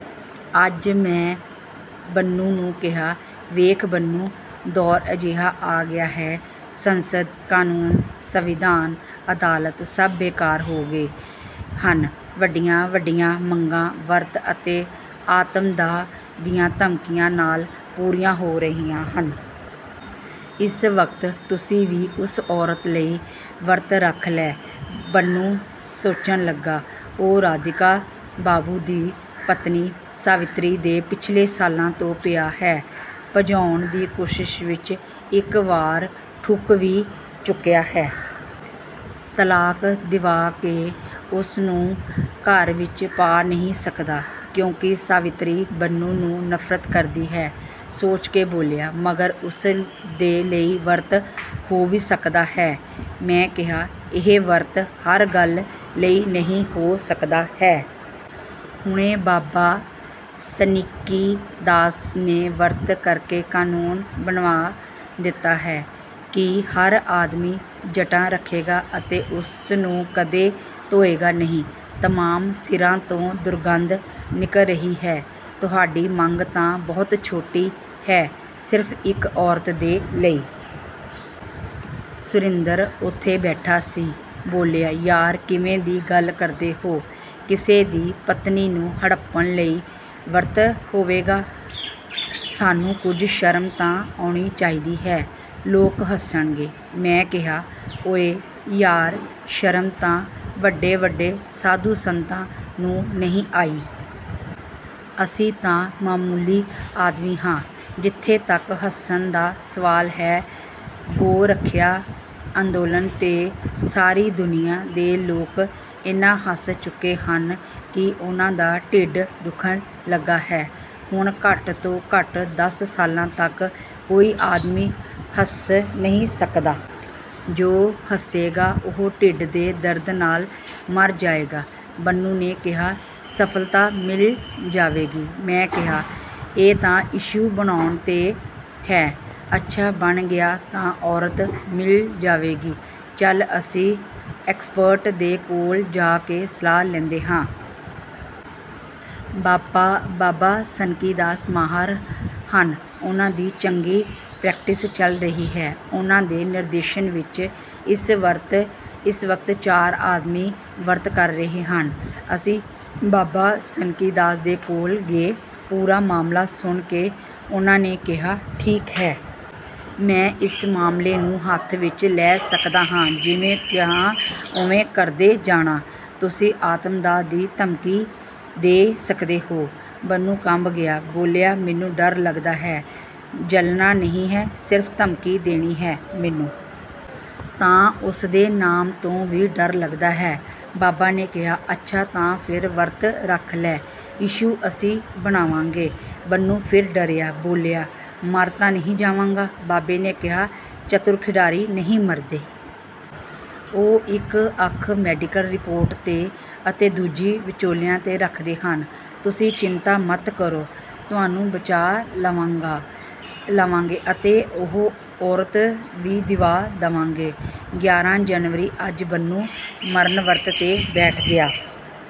ਅੱਜ ਮੈਂ ਬੰਨੂ ਨੂੰ ਕਿਹਾ, "ਵੇਖ ਬੰਨੂ, ਦੌਰ ਅਜਿਹਾ ਆ ਗਿਆ ਹੈ ਕਿ ਸੰਸਦ, ਕਨੂੰਨ, ਸੰਵਿਧਾਨ, ਅਦਾਲਤ ਸਭ ਬੇਕਾਰ ਹੋ ਗਏ ਹਨ। ਵੱਡੀਆਂ-ਵੱਡੀਆਂ ਮੰਗਾਂ ਵਰਤ ਅਤੇ ਆਤਮਦਾਹ ਦੀਆਂ ਧਮਕੀਆਂ ਨਾਲ਼ ਪੂਰੀਆਂ ਹੋ ਰਹੀਆਂ ਹਨ। ਇਸ ਵਕਤ ਤੁਸੀਂ ਵੀ ਉਸ ਔਰਤ ਲਈ ਵਰਤ ਰੱਖ ਲੈ।" ਬੰਨੂ ਸੋਚਣ ਲੱਗਾ। ਉਹ ਰਾਧਿਕਾ ਬਾਬੂ ਦੀ ਪਤਨੀ ਸਾਵਿਤਰੀ ਦੇ ਪਿੱਛੇ ਸਾਲਾਂ ਤੋਂ ਪਿਆ ਹੈ। ਭਜਾਉਣ ਦੀ ਕੋਸ਼ਿਸ਼ ਵਿੱਚ ਇੱਕ ਵਾਰ ਠੁੱਕ ਵੀ ਚੁੱਕਿਆ ਹੈ। ਤਲਾਕ ਦਿਵਾ ਕੇ ਉਸਨੂੰ ਘਰ ਵਿੱਚ ਪਾ ਨਹੀਂ ਸਕਦਾ, ਕਿਉਂਕਿ ਸਾਵਿਤਰੀ ਬੰਨੂ ਨੂੰ ਨਫ਼ਰਤ ਕਰਦੀ ਹੈ। ਸੋਚ ਕੇ ਬੋਲਿਆ, "ਮਗਰ ਉਸਦੇ ਲਈ ਵਰਤ ਹੋ ਵੀ ਸਕਦਾ ਹੈ?" ਮੈਂ ਕਿਹਾ, "ਇਹ ਵਰਤ ਹਰ ਗੱਲ ਲਈ ਹੋ ਸਕਦਾ ਹੈ। ਹੁਣੇ ਬਾਬਾ ਸਨਕੀਦਾਸ ਨੇ ਵਰਤ ਕਰਕੇ ਕਨੂੰਨ ਬਣਵਾ ਦਿੱਤਾ ਹੈ ਕਿ ਹਰ ਆਦਮੀ ਜਟਾਂ ਰੱਖੇਗਾ ਅਤੇ ਉਸਨੂੰ ਕਦੇ ਧੋਏਗਾ ਨਹੀਂ। ਤਮਾਮ ਸਿਰਾਂ ਤੋਂ ਦੁਰਗੰਧ ਨਿਕਲ ਰਹੀ ਹੈ। ਤੁਹਾਡੀ ਮੰਗ ਤਾਂ ਬਹੁਤ ਛੋਟੀ ਹੈ, ਸਿਰਫ਼ ਇੱਕ ਔਰਤ ਦੇ ਲਈ।" ਸੁਰੇਂਦਰ ਉੱਥੇ ਬੈਠਾ ਸੀ। ਬੋਲਿਆ, "ਯਾਰ ਕਿਵੇਂ ਦੀ ਗੱਲ ਕਰਦੇ ਹੋ! ਕਿਸੇ ਦੀ ਪਤਨੀ ਨੂੰ ਹੜੱਪਣ ਲਈ ਵਰਤ ਹੋਵੇਗਾ? ਸਾਨੂੰ ਕੁੱਝ ਸ਼ਰਮ ਤਾਂ ਆਉਣੀ ਚਾਹੀਦੀ ਹੈ। ਲੋਕ ਹੱਸਣਗੇ।" ਮੈਂ ਕਿਹਾ, "ਓਏ ਯਾਰ, ਸ਼ਰਮ ਤਾਂ ਵੱਡੇ-ਵੱਡੇ ਸਾਧੂ-ਸੰਤਾਂ ਨੂੰ ਨਹੀਂ ਆਈ। ਅਸੀਂ ਤਾਂ ਮਾਮੂਲੀ ਆਦਮੀ ਹਾਂ। ਜਿੱਥੇ ਤੱਕ ਹੱਸਣ ਦਾ ਸਵਾਲ ਹੈ, ਗੋ-ਰੱਖਿਆ ਅੰਦੋਲਨ 'ਤੇ ਸਾਰੀ ਦੁਨੀਆਂ ਦੇ ਲੋਕ ਇੰਨਾ ਹੱਸ ਚੁੱਕੇ ਹਨ ਕਿ ਉਨ੍ਹਾਂ ਦਾ ਢਿੱਡ ਦੁੱਖਣ ਲੱਗਾ ਹੈ। ਹੁਣ ਘੱਟ-ਤੋਂ-ਘੱਟ ਦਸ ਸਾਲਾਂ ਤੱਕ ਕੋਈ ਆਦਮੀ ਹੱਸ ਨਹੀਂ ਸਕਦਾ। ਜੋ ਹੱਸੇਗਾ ਉਹ ਢਿੱਡ ਦੇ ਦਰਦ ਨਾਲ਼ ਮਰ ਜਾਵੇਗਾ।" ਬੰਨੂ ਨੇ ਕਿਹਾ, "ਸਫ਼ਲਤਾ ਮਿਲ ਜਾਵੇਗੀ?" ਮੈਂ ਕਿਹਾ, "ਇਹ ਤਾਂ ਇਸ਼ੂ ਬਣਾਉਣ 'ਤੇ ਹੈ। ਅੱਛਾ ਬਣ ਗਿਆ ਤਾਂ ਔਰਤ ਮਿਲ ਜਾਵੇਗੀ। ਚੱਲ, ਅਸੀਂ ਐਕਸਪਰਟ ਦੇ ਕੋਲ ਜਾ ਕੇ ਸਲਾਹ ਲੈਂਦੇ ਹਾਂ। ਬਾਬਾ ਸਨਕੀਦਾਸ ਮਾਹਰ ਹਨ। ਉਨ੍ਹਾਂ ਦੀ ਚੰਗੀ ਪ੍ਰੈਕਟਿਸ ਚੱਲ ਰਹੀ ਹੈ। ਉਨ੍ਹਾਂ ਦੇ ਨਿਰਦੇਸ਼ਨ ਵਿੱਚ ਇਸ ਵਕਤ ਚਾਰ ਆਦਮੀ ਵਰਤ ਕਰ ਰਹੇ ਹਨ।" ਅਸੀਂ ਬਾਬਾ ਸਨਕੀਦਾਸ ਦੇ ਕੋਲ ਗਏ। ਪੂਰਾ ਮਾਮਲਾ ਸੁਣ ਕੇ ਉਨ੍ਹਾਂ ਨੇ ਕਿਹਾ, "ਠੀਕ ਹੈ। ਮੈਂ ਇਸ ਮਾਮਲੇ ਨੂੰ ਹੱਥ ਵਿੱਚ ਲੈ ਸਕਦਾ ਹਾਂ। ਜਿਵੇਂ ਕਹਾਂ ਉਵੇਂ ਕਰਦੇ ਜਾਣਾ। ਤੁਸੀਂ ਆਤਮਦਾਹ ਦੀ ਧਮਕੀ ਦੇ ਸਕਦੇ ਹੋ?" ਬੰਨੂ ਕੰਬ ਗਿਆ। ਬੋਲਿਆ, "ਮੈਨੂੰ ਡਰ ਲੱਗਦਾ ਹੈ।" "ਜਲਣਾ ਨਹੀਂ ਹੈ। ਸਿਰਫ਼ ਧਮਕੀ ਦੇਣੀ ਹੈ।"ਮੈਨੂੰ ਤਾਂ ਉਸਦੇ ਨਾਮ ਤੋਂ ਵੀ ਡਰ ਲੱਗਦਾ ਹੈ।" ਬਾਬਾ ਨੇ ਕਿਹਾ, "ਅੱਛਾ ਤਾਂ ਫਿਰ ਵਰਤ ਰੱਖ ਲੈ। ਇਸ਼ੂ ਅਸੀਂ ਬਣਾਵਾਂਗੇ।" ਬੰਨੂ ਫਿਰ ਡਰਿਆ। ਬੋਲਿਆ, "ਮਰ ਤਾਂ ਨਹੀਂ ਜਾਵਾਂਗਾ।" ਬਾਬੇ ਨੇ ਕਿਹਾ, "ਚਤੁਰ ਖਿਡਾਰੀ ਨਹੀਂ ਮਰਦੇ। ਉਹ ਇੱਕ ਅੱਖ ਮੈਡੀਕਲ ਰਿਪੋਰਟ 'ਤੇ ਅਤੇ ਦੂਜੀ ਵਿਚੋਲਿਆਂ 'ਤੇ ਰੱਖਦੇ ਹਨ। ਤੁਸੀਂ ਚਿੰਤਾ ਮਤ ਕਰੋ। ਤੈਨੂੰ ਬਚਾ ਲਵਾਂਗੇ ਅਤੇ ਉਹ ਔਰਤ ਵੀ ਦਿਵਾ ਦੇਵਾਂਗੇ।" ਗਿਆਰਾ ਜਨਵਰੀ ਅੱਜ ਬੰਨੂ ਮਰਨ ਵਰਤ 'ਤੇ ਬੈਠ ਗਿਆ।